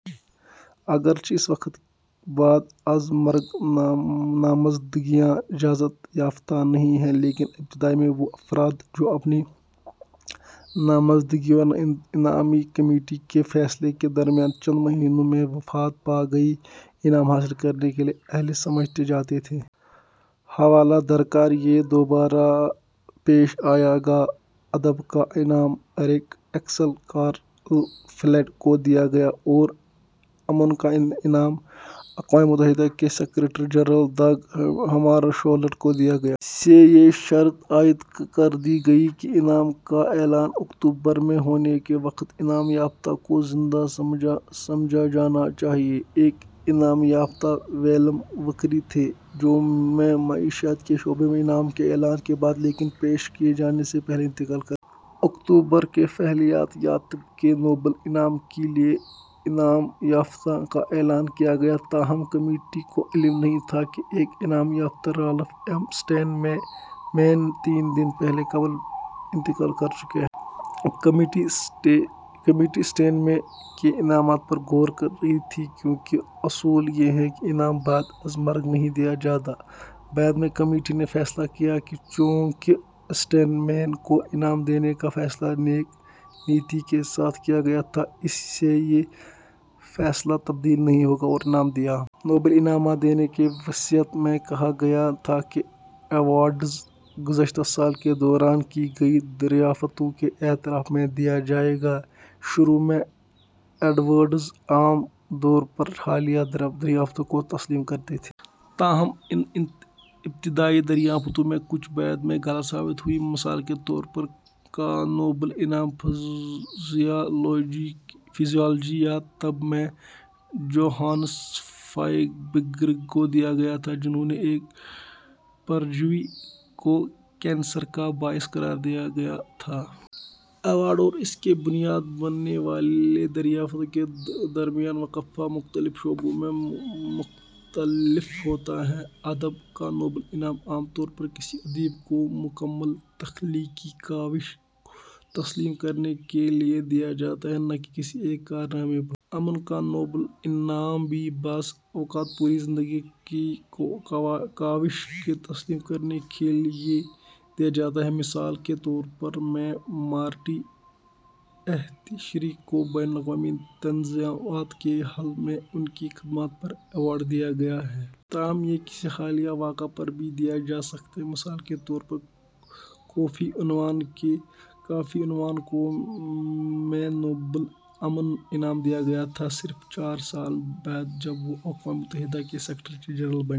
اگرچہ اس وقت بعد از مرگ نامزدگیاں اجازت یافتہ نہیں ہیں، لیکن ابتدا میں وہ افراد جو اپنی نامزدگی اور انعامی کمیٹی کے فیصلے کے درمیان چند مہینوں میں وفات پا گئے، انعام حاصل کرنے کے اہل سمجھے جاتے تھے۔ حوالہ درکار یہ دو بار پیش آیا: کا ادب کا انعام اریک ایکسل کارل فیلڈ کو دیا گیا اور کا امن کا انعام اقوام متحدہ کے سیکریٹری جنرل داگ ہمارشولد کو دیا گیا۔ سے یہ شرط عائد کر دی گئی کہ انعام کا اعلان اکتوبر میں ہونے کے وقت انعام یافتہ کو زندہ سمجھا جانا چاہیے۔ ایک انعام یافتہ ولیم وکری تھے، جو میں معاشیات کے شعبے میں انعام کے اعلان کے بعد لیکن پیش کیے جانے سے پہلے انتقال کر گئے۔ اکتوبر کو فعلیات یا طب کے نوبل انعام کے لیے انعام یافتگان کا اعلان کیا گیا؛ تاہم، کمیٹی کو علم نہیں تھا کہ ایک انعام یافتہ، رالف ایم سٹین مین ، تین دن قبل انتقال کر چکے ہیں۔ کمیٹی اسٹین مین کے انعام پر غور کر رہی تھی، کیوں کہ اصول یہ ہے کہ انعام بعد از مرگ نہیں دیا جاتا۔ بعد میں کمیٹی نے فیصلہ کیا کہ چونکہ اسٹین مین کو انعام دینے کا فیصلہ "نیک نیتی" کے ساتھ کیا گیا تھا، اس لیے یہ فیصلہ تبدیل نہیں ہوگا اور انعام دیا جائے گا۔ نوبل انعامات دینے کی وصیت میں کہا گیا تھا کہ ایوارڈز "گذشتہ سال کے دوران" کی گئی دریافتوں کے اعتراف میں دیے جائیں گے۔ شروع میں، ایوارڈز عام طور پر حالیہ دریافتوں کو تسلیم کرتے تھے۔ تاہم، ان ابتدائی دریافتوں میں سے کچھ بعد میں غلط ثابت ہوئیں۔ مثال کے طور پر، کا نوبل انعام فزیالوجی یا طب میں جوہانس فائبگر کو دیا گیا تھا، جنھوں نے ایک پرجیوی کو کینسر کا باعث قرار دیا تھا۔ ۔ ایوارڈ اور اس کی بنیاد بننے والی دریافت کے درمیان وقفہ مختلف شعبوں میں مختلف ہوتا ہے۔ ادب کا نوبل انعام عام طور پر کسی ادیب کی مکمل تخلیقی کاوش کو تسلیم کرنے کے لیے دیا جاتا ہے، نہ کہ کسی ایک کارنامے پر۔ امن کا نوبل انعام بھی بعض اوقات پوری زندگی کی کاوش کو تسلیم کرنے کے لیے دیا جاتا ہے۔ مثال کے طور پر، میں مارٹی اہتیشری کو بین الاقوامی تنازعات کے حل میں ان کی خدمات پر ایوارڈ دیا گیا۔ تاہم، یہ کسی حالیہ واقعے پر بھی دیے جا سکتے ہیں۔ مثال کے طور پر، کوفی عنان کو میں نوبل امن انعام دیا گیا تھا، صرف چار سال بعد جب وہ اقوام متحدہ کے سیکریٹری جنرل بنے۔